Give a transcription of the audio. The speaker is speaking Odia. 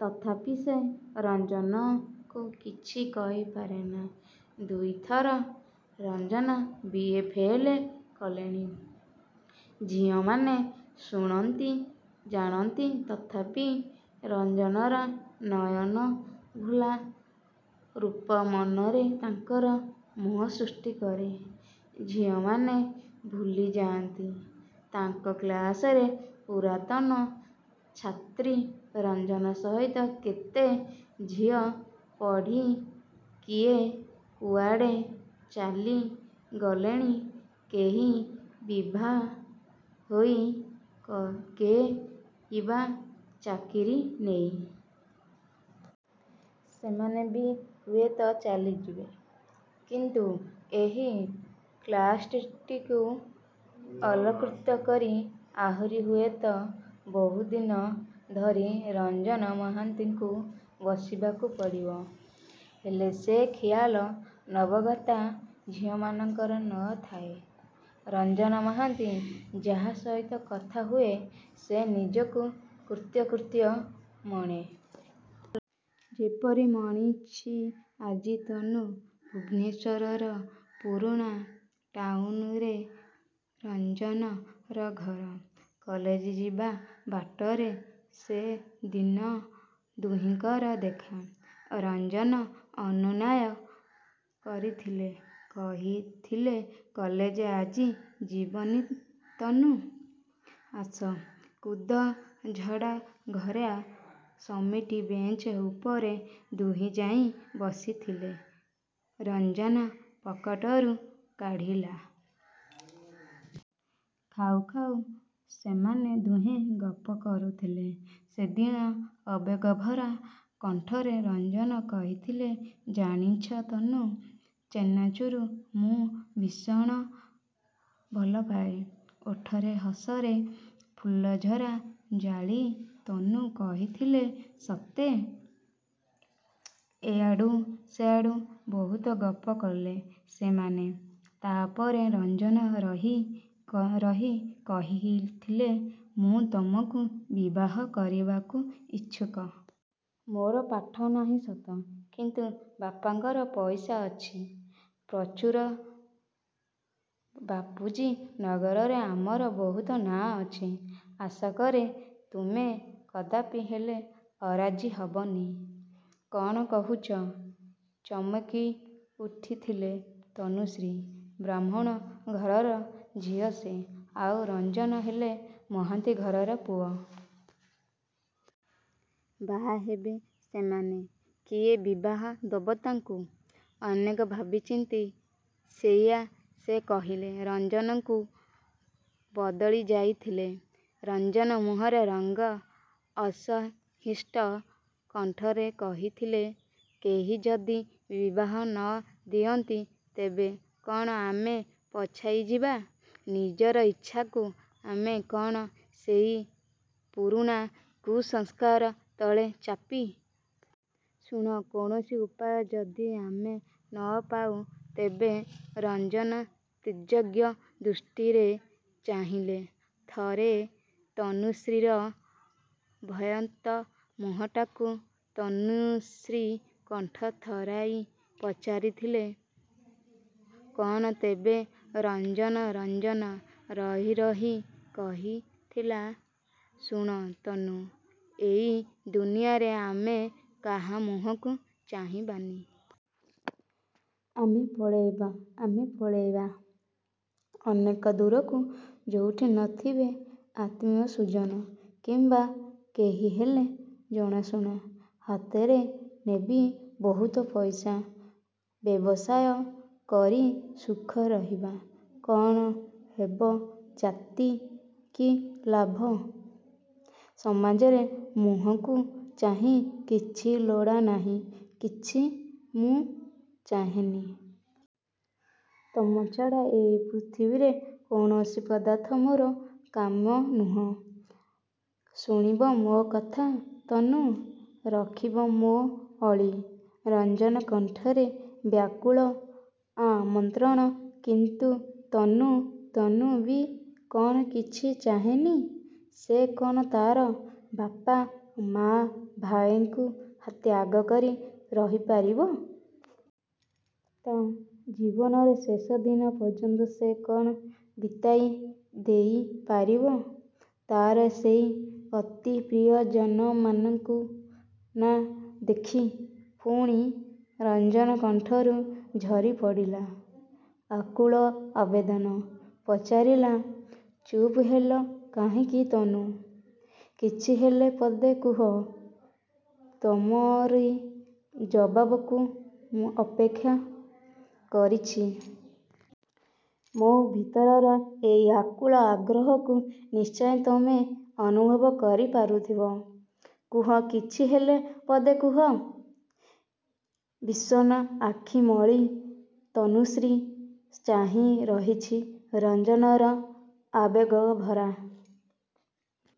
ତଥାପି ସେ ରାଜେନ୍ କୁ କିଛି କହିପାରେନା। ଦୁଇଥର ରାଜେନ୍ ବି. ଏ ଫେଲ୍ କଲାଣି। ଝିଅମାନେ ଶୁଣନ୍ତି, ଜାଣନ୍ତି ତଥାପି ରାଜେନର ନୟନଭୁଲା ରୂପ ମନରେ ତାଙ୍କର ମୋହ ସୃଷ୍ଟି କରେ। ଝିଅମାନେ ଭୁଲିଯାଆନ୍ତି ତାଙ୍କ କ୍ଲାସର ପୁରାତନ ଛାତ୍ର ରାଜେନ୍ ସହିତ କେତେ ଝିଅ ପଢ଼ି କିଏ କେଉଁଆଡ଼େ ଚାଲି ଗଲେଣି, କେହି ବିଭା ହୋଇ, କେହିବା ଚାକିରି ନେଇ। ସେମାନେ ବି ହୁଏତ ଚାଲିଯିବେ, କିନ୍ତୁ ଏହି କ୍ଲାସଟିକୁ ଅଳଙ୍କୃତ କରି ଆହୁରି ହୁଏତ ବହୁଦିନ ଧରି ରାଜେନ୍ ମହାନ୍ତିକୁ ବସିବାକୁ ପଡ଼ିବ। ହେଲେ ସେ ଖିଆଲ ନବାଗତା। ଝିଅମାନଙ୍କର ନ ଥାଏ। ରାଜେନ୍ ମହାନ୍ତି ଯାହା ସହିତ କଥା ହୁଏ। ସେ ନିଜକୁ କୃତ୍ୟକୃତ୍ୟ ମଣେ। ଯେପରି ମଣିଛି ଆଜି ତନୁ। ଭୁବନେଶ୍ୱରର ପୁରୁଣା ଟାଉନରେ ରାଜେନ୍ ର ଘର। କଲେଜ ଯିବା ବାଟରେ ସେଦିନ ଦୁହିଁଙ୍କର ଦେଖା। ରାଜେନ୍ ଅନୁନୟ କରିଥିଲା, କହିଥିଲା କଲେଜ ଆଜି ଯିବାନି ତନୁ। ଆସ, କୁନ୍ଦଝାଡ଼ଘେରା ସିମେଣ୍ଟ ବେଞ୍ଚ ଉପରେ ଦୁହେଁଯାଇ ବସିଥିଲେ। ରାଜେନ୍ ପକେଟରୁ କାଢ଼ିଲା ଯୋଡ଼ିଏ ଚାନାଚୂର ପ୍ୟାକେଟ୍। ଖାଉ ଖାଉ ସେମାନେ ଦୁହେଁ ଗପ କରୁଥିଲେ ସେଦିନ। ଆବେଗଭରା କଣ୍ଠରେ ରାଜେନ୍ କହିଥିଲା ଜାଣିଛ ତନୁ, ଚେନାଚୁର୍ ମୁଁ ଭୀଷଣ ଭଲପାଏ। ଓଠରେ ହସର ଫୁଲଝର ଜାଳି ତନୁ କହିଥିଲା ସତେ! ଏଆଡ଼ୁ ସେଆଡ଼ୁ ବହୁତ ଗପ କଲେ ସେମାନେ। ତା'ପରେ ରାଜେନ୍ ରହି ରହି କହିଥିଲା ମୁଁ ତୁମକୁ ବିବାହ କରିବାକୁ ଇଚ୍ଛାକରେ ତନୁ। ମୋର ପାଠନାହିଁ ସତ, କିନ୍ତୁ ବାପାଙ୍କର ପଇସା ଅଛି ପ୍ରଚୁର। ବାପୁଜୀ ନଗରରେ ଆମର ବହୁତ ନାଁ ଅଛି। ଆଶାକରେ ତୁମେ କଦାପି ହେଲେ ଅରାଜି ହେବନି। କ'ଣ କହୁଛ? ଚମକିଉଠିଥିଲା ତନୁଶ୍ରୀ। ବ୍ରାହ୍ମଣ ଘରର ଝିଅ ସେ! ଆଉ ରାଜେନ୍ ହେଲା ମହାନ୍ତି ଘରର ପୁଅ। ବାହାହେବେ ସେମାନେ! କିଏ ବିଭା ଦେବ ତାଙ୍କୁ? ଅନେକ ଭାବିଚିନ୍ତି ସେଇଆ ସେ କହିଲା ରାଜେନ୍ କୁ। ବଦଳି ଯାଇଥିଲା ରାଜେନ୍ ମୁହଁର ରଙ୍ଗ ଅସହିଷ୍ଣୁ କଣ୍ଠରେ କହିଥିଲା କେହି ଯଦି ବିବାହ ନ ଦିଅନ୍ତି, ତେବେ କ'ଣ ଆମେ ପଛେଇଯିବା? ନିଜର ଇଚ୍ଛାକୁ ଆମେ କ'ଣ ସେଇ ପୁରୁଣା କୁସଂସ୍କାର ତଳେ ଚାପିଦେବା? ଶୁଣ, କୌଣସି ଉପାୟ ଯଦି ଆମେ ନପାଉ ତେବେ। ରାଜେନ୍ ତୀର୍ଯ୍ୟକ ଦୃଷ୍ଟିରେ ଚାହିଁଲା ଥରେ ତନୁଶ୍ରୀର ଭୟାର୍ତ୍ତ ମୁହଁଟାକୁ। ତନୁଶ୍ରୀ କଣ୍ଠ ଥରାଇ ପଚାରିଥିଲା କ'ଣ ତେବେ ରାଜେନ୍? ରାଜେନ୍ ରହି ରହି କହିଥିଲା ଶୁଣ ତନୁ, ଏଇ ଦୁନିଆରେ ଆମେ କାହା ମୁହଁକୁ ଚାହିଁବାନି। ଆମେ ପଳାଇବା। ଆମେ ପଳାଇବା ଅନେକ ଦୂରକୁ। ଯେଉଁଠି ନଥିବେ ଆତ୍ମୀୟସ୍ୱଜନ କିମ୍ୱା କେହିହେଲେ ଜଣାଶୁଣା। ହାତରେ ନେବି ବହୁତ ପଇସା। ବ୍ୟବସାୟ କରି ସୁଖରେ ରହିବା। କ'ଣ ହେବ ଜାତି, କି ଲାଭ ସମାଜର ମୁହଁକୁ ଚାହିଁ। କିଛି ଲୋଡ଼ାନାହିଁ। କିଛି ମୁଁ ଚାହେଁନି। ତୁମ ଛଡ଼ା ଏଇ ପୃଥିବୀର କୌଣସି ପଦାର୍ଥ ମୋର କାମ୍ୟ ନୁହେଁ। ଶୁଣିବ ମୋ କଥା ତନୁ? ରଖିବ ମୋ ଅଳି? ରାଜେନ୍ କଣ୍ଠରେ ବ୍ୟାକୁଳ ଆମନ୍ତ୍ରଣ। କିନ୍ତୁ ତନୁ? ତନୁ ବି କ'ଣ କିଛି ଚାହେଁନି? ସେ କ'ଣ ତା'ର ବାପା, ମାଆ. ଭାଇଙ୍କୁ ତ୍ୟାଗକରି ରହିପାରିବ? ତା' ଜୀବନର ଶେଷଦିନ ପର୍ଯ୍ୟନ୍ତ ସେ କ'ଣ ବିତାଇ ଦେଇପାରିବ ତା'ର ସେଇ ଅତି ପ୍ରିୟଜନମାନଙ୍କୁ ନ ଦେଖି? ପୁଣି ରାଜେନ୍ କଣ୍ଠରୁ ଝରିପଡ଼ିଲା ଆକୁଳ ଆବେଦନ। ପଚାରିଲା ଚୁପ୍ ହେଲ କାହିଁକି ତନୁ? କିଛିହେଲେ ପଦେ କୁହ। ତୁମରି ଜବାବ୍ କୁ ମୁଁ ଅପେକ୍ଷା କରୁଛି। ମୋ ଭିତରର ଏଇ ଆକୁଳ ଆଗ୍ରହକୁ ନିଶ୍ଚୟ ତୁମେ ଅନୁଭବ କରିପାରୁଥିବ। କୁହ କିଛି ହେଲେ ପଦେ କୁହ! ବିଷନ୍ନ ଆଖି ମେଲି ତନୁଶ୍ରୀ ଚାହିଁ ରହିଛି ରାଜେନ୍ ର ଆବେଗଭରା